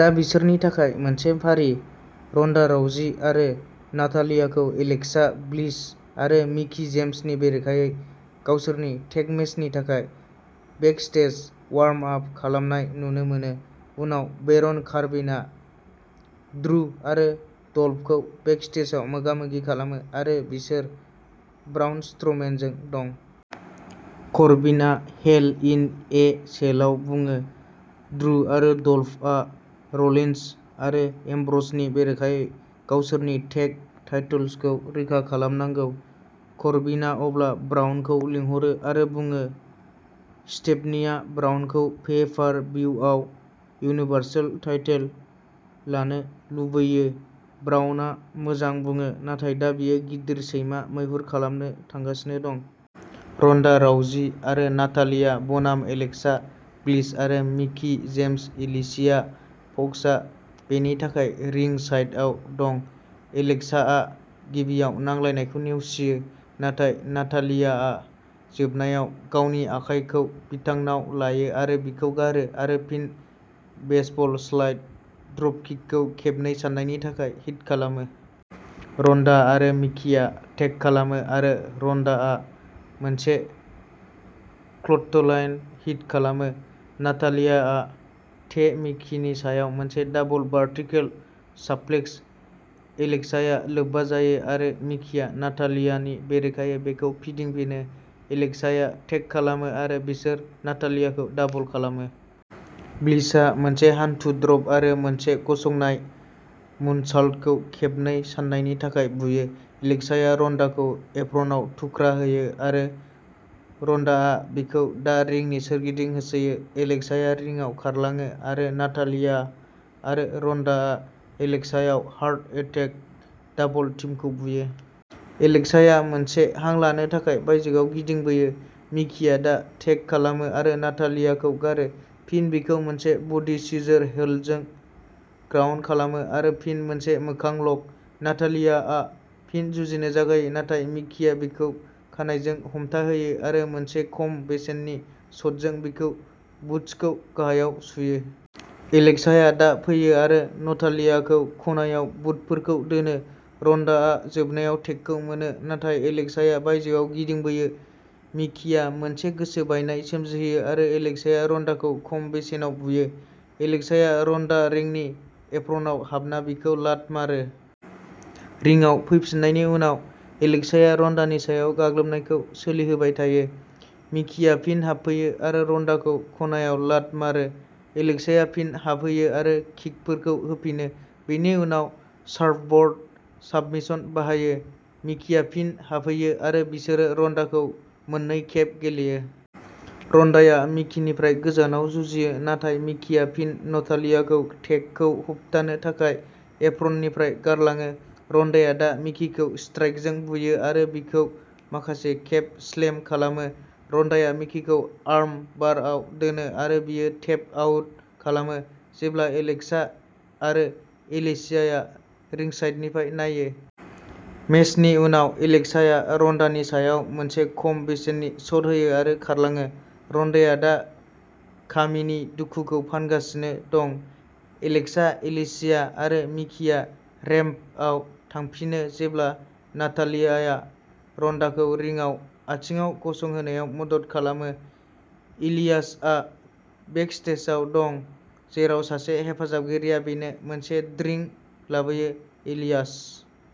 दा बिसोरनि थाखाय मोनसे फारि। रन्डा राउजी आरो नातालियाखौ एलेक्सा ब्लिस आरो मिकी जेम्सनि बेरेखायै गावसोरनि टेग मेचनि थाखाय बेकस्टेज वार्म आप खालामनाय नुनो मोनो, उनाव बेरन करबिनआ ड्रू आरो डल्फखौ बेकस्टेजआव मोगा-मोगि खालामो, आरो बिसोर ब्राउन स्ट्र'मेनजों दं। करबिनआ हेल इन ए सेलआव बुङो, ड्रू आरो डल्फआ र'लिन्स आरो एम्ब्र'जनि बेरेखायै गावसोरनि टेग टाइटल्सखौ रैखा खालामनांगौ। करबिनआ अब्ला ब्राउनखौ लिंहरो, आरो बियो बुङो स्टेफनीआ ब्राउनखौ पे-पार-भिउआव यूनिवर्सल टाइटल लानो लुबैयो। ब्राउनआ मोजां बुङो, नाथाय दा बियो गिदिर सैमा मैहुर खालामनो थांगासिनो दं। रन्डा राउजी आरो नातालिया बनाम एलेक्सा ब्लिस आरो मिकी जेम्स एलिसिया फक्सआ बेनि थाखाय रिंगसाइडआव दं। एलेक्साआ गिबियाव नांलायनायखौ नेवसियो, नाथाय नातालियाआ जोबनायाव गावनि आखाइखौ बिथांनाव लायो आरो बिखौ गारो आरो फिन बेसबल स्लाइड ड्रपकिकखौ खेबनै साननायनि थाखाय हिट खालामो। रन्डा आरो मिकीआ टेग खालामो आरो रन्डाआ मोनसे क्ल'थलाइन हिट खालामो। नातालियाआ टे मिकीनि सायाव मोनसे दाबल भार्टिकेल साप्लेक्स। एलेक्साया लोब्बा जायो आरो मिकीआ नातालियानि बेरेखायै बेखौ फिदिंफिनो। एलेक्साया टेग खालामो आरो बिसोरो नातालियाखौ दाबल खालामो। ब्लिसआ मोनसे हान्थु ड्रप आरो मोनसे गसंनाय मुनसाल्टखौ खेबनै साननायनि थाखाय बुयो। एलेक्साया रन्डाखौ एप्रनआव थुख्रा होयो, आरो रन्डाआ बिखौ दा रिंनि सोरगिदिं होसोयो। एलेक्साया रिंआव खारलाङो आरो नातालिया आरो रन्डाआ एलेक्सायाव हार्ट एटेक दाबल टीमखौ बुयो। एलेक्साया मोनसे हां लानो थाखाय बायजोआव गिदिंबोयो। मिकीआ दा टेग खालामो आरो नातालियाखौ गारो, फिन बिखौ मोनसे बडी सिजर होल्डजों ग्राउन्द खालामो, आरो फिन मोनसे मोखां लक। नातालियाआ फिन जुजिनो जागायो, नाथाय मिकीआ बिखौ खानाइजों हमथाहोयो आरो मोनसे खम बेसेननि शटजों बिखौ बुट्सखौ गाहायाव सुयो। एलेक्साया दा फैयो आरो नटालियाखौ खनायाव बुटफोरखौ दोनो। रन्डाआ जोबनायाव टेगखौ मोनो, नाथाय एलेक्साया बायजोआव गिदिंबोयो। मिकीया मोनसे गोसो बायनाय सोमजिहोयो आरो एलेक्साया रन्डाखौ खम बेसेनाव बुयो। एलेक्साया रन्डा रिंनि एप्रनआव हाबना बिखौ लात मारो। रिंआव फैफिन्नायनि उनाव, एलेक्साया रन्डानि सायाव गाग्लोबनायखौ सोलिहोबाय थायो। मिकीआ फिन हाबफैयो आरो रन्डाखौ खनायाव लात मारो। एलेक्साया फिन हाबहैयो आरो किकफोरखौ होफिनो, बेनि उनाव सार्फब'र्ड साबमिशन बाहायो। मिकीआ फिन हाबहैयो आरो बिसोरो रन्डाखौ मोननै खेब गेलेयो। रन्डाया मिकीनिफ्राय गोजानाव जुजियो, नाथाय मिकीआ फिन नातालियाखौ टेगखौ होबथानो थाखाय एप्रननिफ्राय गारलाङो। रन्डाया दा मिकीखौ स्ट्राइकजों बुयो आरो बिखौ माखासे खेब स्लेम खालामो। रन्डाया मिकीखौ आर्म बारआव दोनो आरो बियो टेप आउट खालामो जेब्ला एलेक्सा आरो एलिसियाया रिंसाइडनिफ्राय नायो। मेचनि उनाव, एलेक्साया रन्डानि सायाव मोनसे खम बेसेननि शट होयो आरो खारलाङो। रन्डाया दा खामिनि दुखुखौ फानगासिनो दं। एलेक्सा, एलिसिया आरो मिकीआ रेम्पआव थांफिनो जेब्ला नातालियाया रन्डाखौ रिंआव आथिंआव गसंहोनायाव मदद खालामो। एलियासआ बेकस्टेजआव दं जेराव सासे हेफाजाबगिरिया बिनो मोनसे ड्रिंक लाबोयो। एलियास